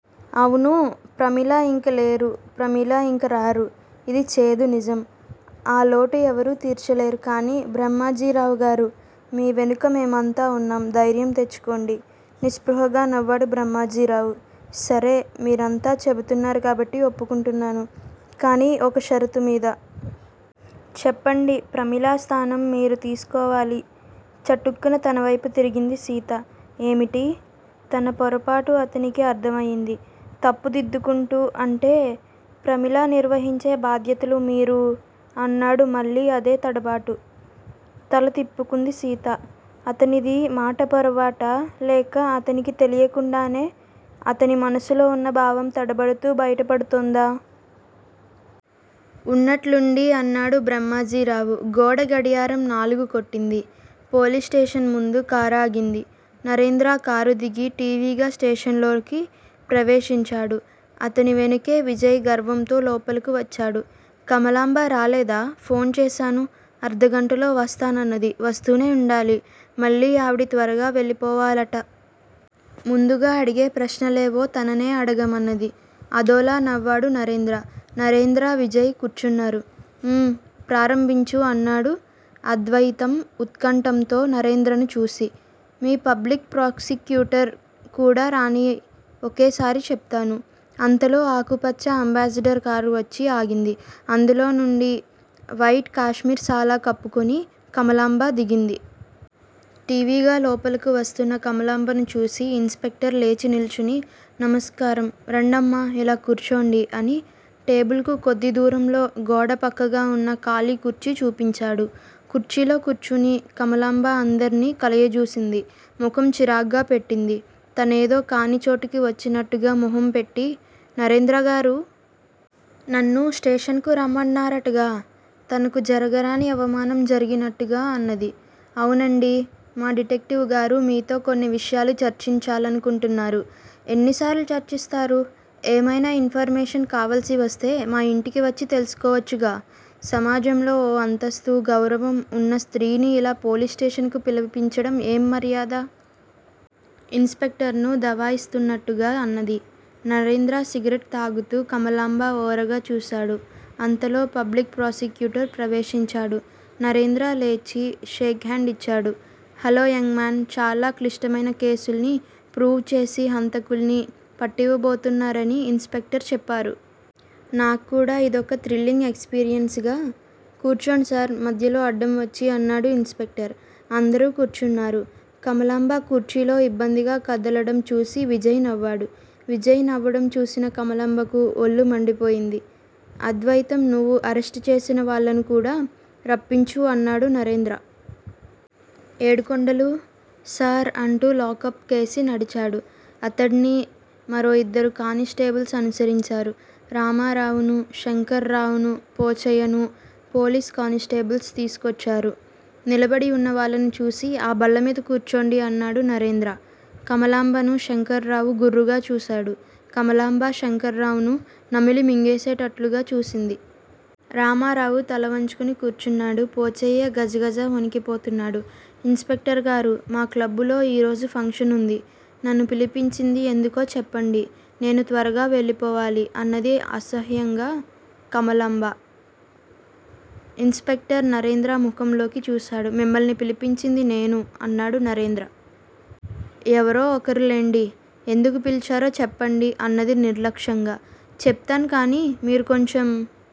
అవును? ప్రమీల ఇంక లేరు! ప్రమీల ఇంక రారు! ఇది చేదునిజం! ఆ లోటు ఎవరూ తీర్చలేరు! కానీ బ్రహ్మాజీరావుగారూ! మీ వెనక మేమంతా ఉన్నాం! ధైర్యం తెచ్చుకోండి! నిస్పృహగా నవ్వాడు బ్రహ్మాజీరావు. సరే! మీరంతగా చెబుతున్నారు కాబట్టి ఒప్పుకుంటున్నాను. కానీ ఒక షరతు మీద! చెప్పండి ప్రమీల స్థానం మీరు తీసుకోవాలి చటుక్కున అతనివైపు తిరిగింది సీత. ఏమిటి? తనపొరపాటు అతనికి అర్ధం అయింది. తప్పు దిద్దుకుంటూ అంటే, ప్రమీల నిర్వహించే బాధ్యతలు మీరు అన్నాడు మళ్ళీ అదే తడబాటు. తల తిప్పుకుంది సీత. అతనిది మాట పొరబాటా? లేక, అతనికి తెలియకుండానే అతని మనసులో ఉన్న భావం తడబడుతూ బయటపడుతోందా? ఉన్నట్లుండి అన్నాడు బ్రహ్మాజీరావు. గోడ గడియారం నాలుగు కొట్టింది, పోలీసు స్టేషన్ ముందు కారాగింది. నరేంద్ర కారుదిగి ఠీవిగా స్టేషన్ లోకి ప్రవేశించాడు. అతడి వెనకే విజయ్ గర్వంతో లోపలకు వచ్చాడు. కమలాంబ రాలేదా? ఫోన్ చేశాను. అర్థగంటలో వస్తానన్నది. వస్తూనే ఉండాలి. మళ్లీ ఆవిడ త్వరగా వెళ్ళిపోవాలట. ముందుగా అడిగే ప్రశ్నలేవో తననే అడగమన్నది. అదోలా నవ్వాడు నరేంద్ర. నరేంద్ర, విజయ్ కూర్చున్నారు. ఊ! ప్రారంభించు అన్నాడు అద్వయితం ఉత్కంఠతో నరేంద్రను చూసి. మీ పబ్లిక్ ప్రాసిక్యూటర్ ను కూడా రానియ్. ఒకసారి చెప్తాను. అంతలో ఆకుపచ్చ అంబాసిడర్ కారు వచ్చి ఆగింది. అందులో నుంచి వైట్ కాశ్మీర్ శాల కప్పుకొని కమలాంబ దిగింది. ఠీవిగా లోపలకు వస్తున్నా కమలాంబను చూసి ఇన్స్ స్పెక్టర్ లేచినిల్చుని నమస్కారం రండమ్మా ఇలా కూర్చోండి. అని టేబుల్ కు కొద్ది దూరంలో గోడపక్కగా ఉన్న ఖాలీ కుర్చీ చూపించాడు. కుర్చీలో కూర్చుని కమలాంబ అందర్నీ కలయజూసింది. ముఖం చిరాగ్గా పెట్టింది. తనేదో కానిచోటుకు వచ్చినట్టుగా ముఖం పెట్టి నరేంద్రగారూ! నన్ను స్టేషన్ కు రమ్మన్నారటగా? తనకు జరగరాని అవమానం జరిగినట్టుగా అన్నది. అవునండీ! మా డిటెక్టివ్ గారు మీతో కొన్ని విషయాలు చర్చిచాలను కొంటున్నారు. ఎన్నిసార్లు చర్చిస్తారు? ఏమైనా ఇన్ ఫర్ మేషన్ కావాల్సివస్తే మా ఇంటికి వచ్చి తెలుసుకోవచ్చుగా? సమాజంలో ఓ అంతస్థూ, గౌరవం ఉన్న స్త్రీని ఇలా పోలీసు స్టేషన్ కు పిలిపించడం ఏంమర్యాద? ఇన్స్ స్పెక్టర్ ను దవాయిస్తున్నట్టుగా అన్నది. నరేంద్ర సిగరెట్ తాగుతూ కమలాంబ ఓరగా చూశాడు. అంతలో పబ్లిక్ ప్రాసిక్యూటర్ ప్రవేశించాడు. నరేంద్ర లేచి షేక్ హాండ్ ఇచ్చాడు, హల్లో యంగ్ మాన్ చాలా క్లిష్టమైన కేసుల్ని ప్రూవ్ చేసి హంతకుల్ని పట్టివ్వబోతున్నారని ఇన్స్ స్పెక్టర్ చెప్పారు. నాక్కూడా ఇదొక థ్రిల్లింగ్ ఎక్స్ పీరియన్స్ గా కూర్చొండి సార్! మధ్యలో అడ్డంవచ్చి అన్నాడు ఇన్స్ స్పెక్టర్. అందరూ కూర్చున్నారు. కమలాంబ కుర్చీలో ఇబ్బందిగా కదలడం చూసి విజయ్ నవ్వాడు. విజయ్ నవ్వడం చూసిన కమలాంబకు వళ్ళు మండిపోయింది. అద్వయితం నువ్వు అరెస్టు చేసినవాళ్ళను కూడా రప్పించు అన్నాడు నరేంద్ర. ఏడుకొండలూ! సార్ అంటూ లాకప్ కేసి నడిచాడు. అతడ్ని మరో ఇద్దరు కాని స్టేబుల్స్ అనుసరించారు. రమణారావునూ, శంకర్రావూనూ, పోచయ్యను పోలీసు కానిస్టేబుల్స్ తీసుకొచ్చారు. నిలబడి ఉన్నవాళ్ళను చూసి ఆ బల్లమీద కూర్చొండి అన్నాడు నరేంద్ర. కమలాంబను శంకర్రావు గుర్రుగా చూశాడు. కమలాంబ శంకర్రావును నమిలి మింగేసేటట్టుగా చూసింది. రమణారావు తలవంచుకొని కూర్చున్నాడు. పోచయ్య గజగజ వణికిపోతున్నాడు. ఇన్స్ స్పెక్టర్ గారూ! మా క్లబ్బులో ఈరోజు ఫంక్షన్ ఉంది. నన్ను పిలిపించింది ఎందుకో చెప్పండి. నేను త్వరగా వెళ్ళిపోవాలి. అన్నది అసహనంగా కమలాంబ. ఇన్స్ స్పెక్టర్ నరేంద్ర ముఖంలోకి చూశాడు. మిమ్మల్ని పిలిపించింది నేను అన్నాడు నరేంద్ర. ఎవరో ఒకరు లెండి. ఎందుకు పిలిపించారో చెప్పండి అన్నది నిర్లక్ష్యంగా. చెప్తాను కాని మీరు కొంచెం